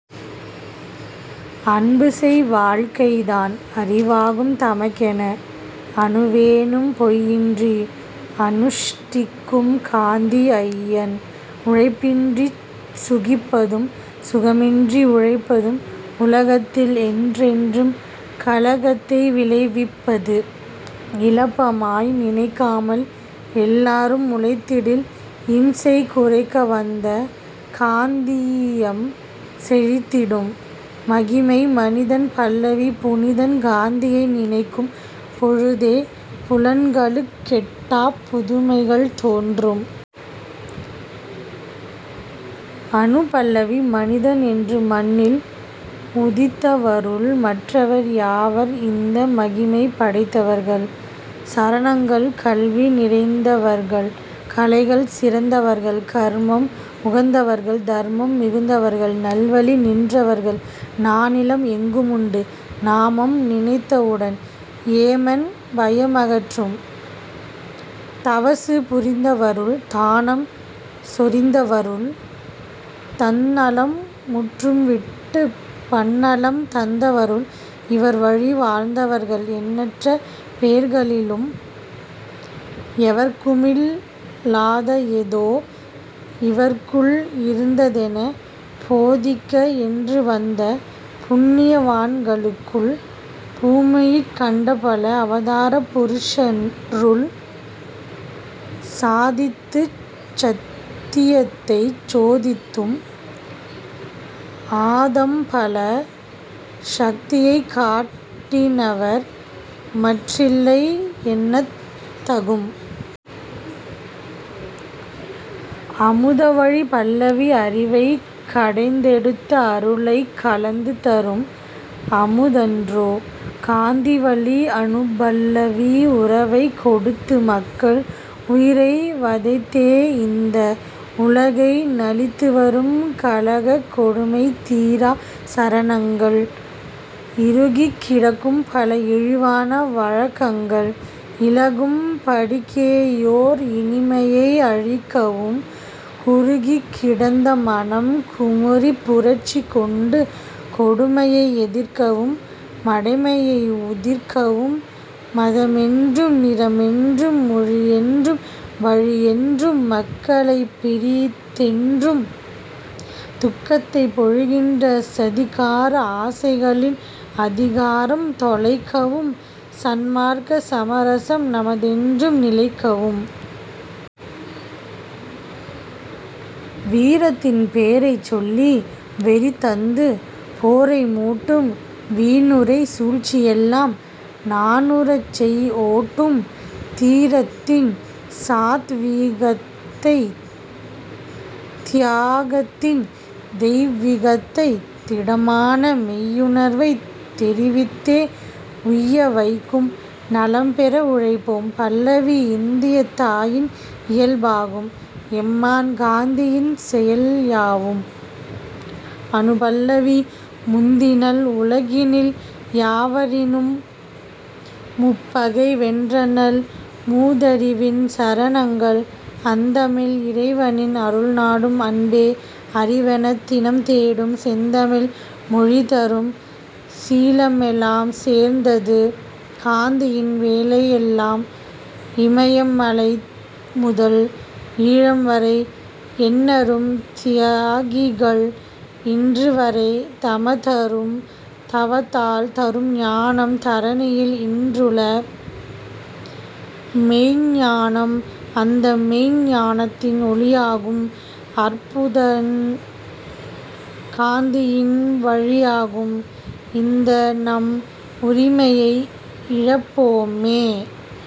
அன்புசெய் வாழ்க்கைதான் அறிவாகும் தமக்கென அணுவேனும் பொய்யின்றி அனுஷ்டிக்கும் காந்திஐயன். உழைப்பின்றிச் சுகிப்பதும் சுகமின்றி உழைப்பதும் உலகத்தில் என்றென்றும் கலகத்தை விளைவிப்பது. இளப்பமாய் நினைக்காமல் எல்லாரும் உழைத்திடில் இம்சை குறைக்கவந்த காந்தீயம் செழித்திடும்.. மகிமை மனிதன் பல்லவி புனிதன் காந்தியை நினைக்கும் பொழுதே புலன்களுக் கெட்டாப் புதுமைகள் தோன்றும். அநுபல்லவி மனிதன் என்று மண்ணில் உதித்தவருள் மற்றவர் யாவர்இந்த மகிமை படைத்தவர்கள்? சரணங்கள் கல்வி நிறைந்தவர்கள் கலைகள் சிறந்தவர்கள் கர்மம் உகந்தவர்கள் தர்மம் மிகுந்தவர்கள் நல்வழி நின்றவர்கள் நானிலம் எங்குமுண்டு நாமம் நினைத்தவுடன் ஏமன் பயமகற்றும். தவசு புரிந்தவருள் தானம் சொரிந்தவருள் தந்நலம் முற்றும்விட்டுப் பன்னலம் தந்தவருள் இவர்வழி வாழ்ந்தவர்கள் எண்ணற்ற பேர்களிலும் எவர்க்குமில் லாதஎதோ இவர்க்குள் இருந்ததென போதிக்க என்றுவந்த புண்ணிய வான்களுக்குள் பூமியிற் கண்டபல அவதார புருஷருள் சாதித்துச் சத்தியத்தைச் சோதித்தும் ஆதம்பல சக்தியைக் காட்டினவர் மற்றில்லை என்னத்தகும்.. அமுத வழி பல்லவி அறிவைக் கடைந்தெடுத்த அருளைக் கலந்துதரும் அமுதன்றோ காந்தி வழி அநுபல்லவி உறவைக் கெடுத்துமக்கள் உயிரை வதைத்தேஇந்த உலகை நலித்துவரும் கலகக் கொடுமைதீர சரணங்கள் இறுகிக் கிடக்கும்பல இழிவான வழக்கங்கள் இளகும் படிக்கேயோர் இனிமையை அளிக்கவும் குறுகிக் கிடந்தமனம் குமுறிப் புரட்சி கொண்டு கொடுமையை எதிர்க்கவும் மடமையை உதிர்க்கவும் மதமென்றும் நிறமென்றும் மொழியென்றும் வழியென்றும் மக்களைப் பிரித்தென்றும் துக்கத்தைப் பொழிகின்ற சதிகார ஆசைகளின் அதிகாரம் தொலைக்கவும் சன்மார்க்க சமரசம் நமதென்றும் நிலைக்கவும். வீரத்தின் பேரைச்சொல்லி வெறிதந்து போரைமூட்டும் வீணுரை சூழ்ச்சியெல்லாம் நாணுறச் செய்ஓட்டும் தீரத்தின் சாத்வீகத்தைத் த்யாகத்தின் தெய்விகத்தைத் திடமான மெய்யுணர்வைத் தெரிவித்தே உய்யவைக்கும்.. நலம் பெற உழைப்போம் பல்லவி இந்தியத் தாயின் இயல்பாகும் எம்மான் காந்தியின் செயல்யாவும். அநுபல்லவி முந்தினள் உலகினில் யாவரினும் முப்பகை வென்றநல் மூதறிவின் சரணங்கள் அந்தமில் இறைவனின் அருள்நாடும் அன்பே அறிவெனத் தினம்தேடும் செந்தமிழ் மொழிதரும் சீலமெலாம் சேர்ந்தது காந்தியின் வேலையெல்லாம் இமயம் மலைமுதல் ஈழம்வரை எண்ணரும் த்யாகிகள் இன்றுவரை தமதரும் தவத்தால் தரும்ஞானம் தரணியில் இன்றுள மெய்ஞ்ஞானம் அந்தமெய்ஞ் ஞானத்தின் ஒளியாகும் அற்புதன் காந்தியின் வழியாகும் இந்தநம் உரிமையை இழப்போமோ?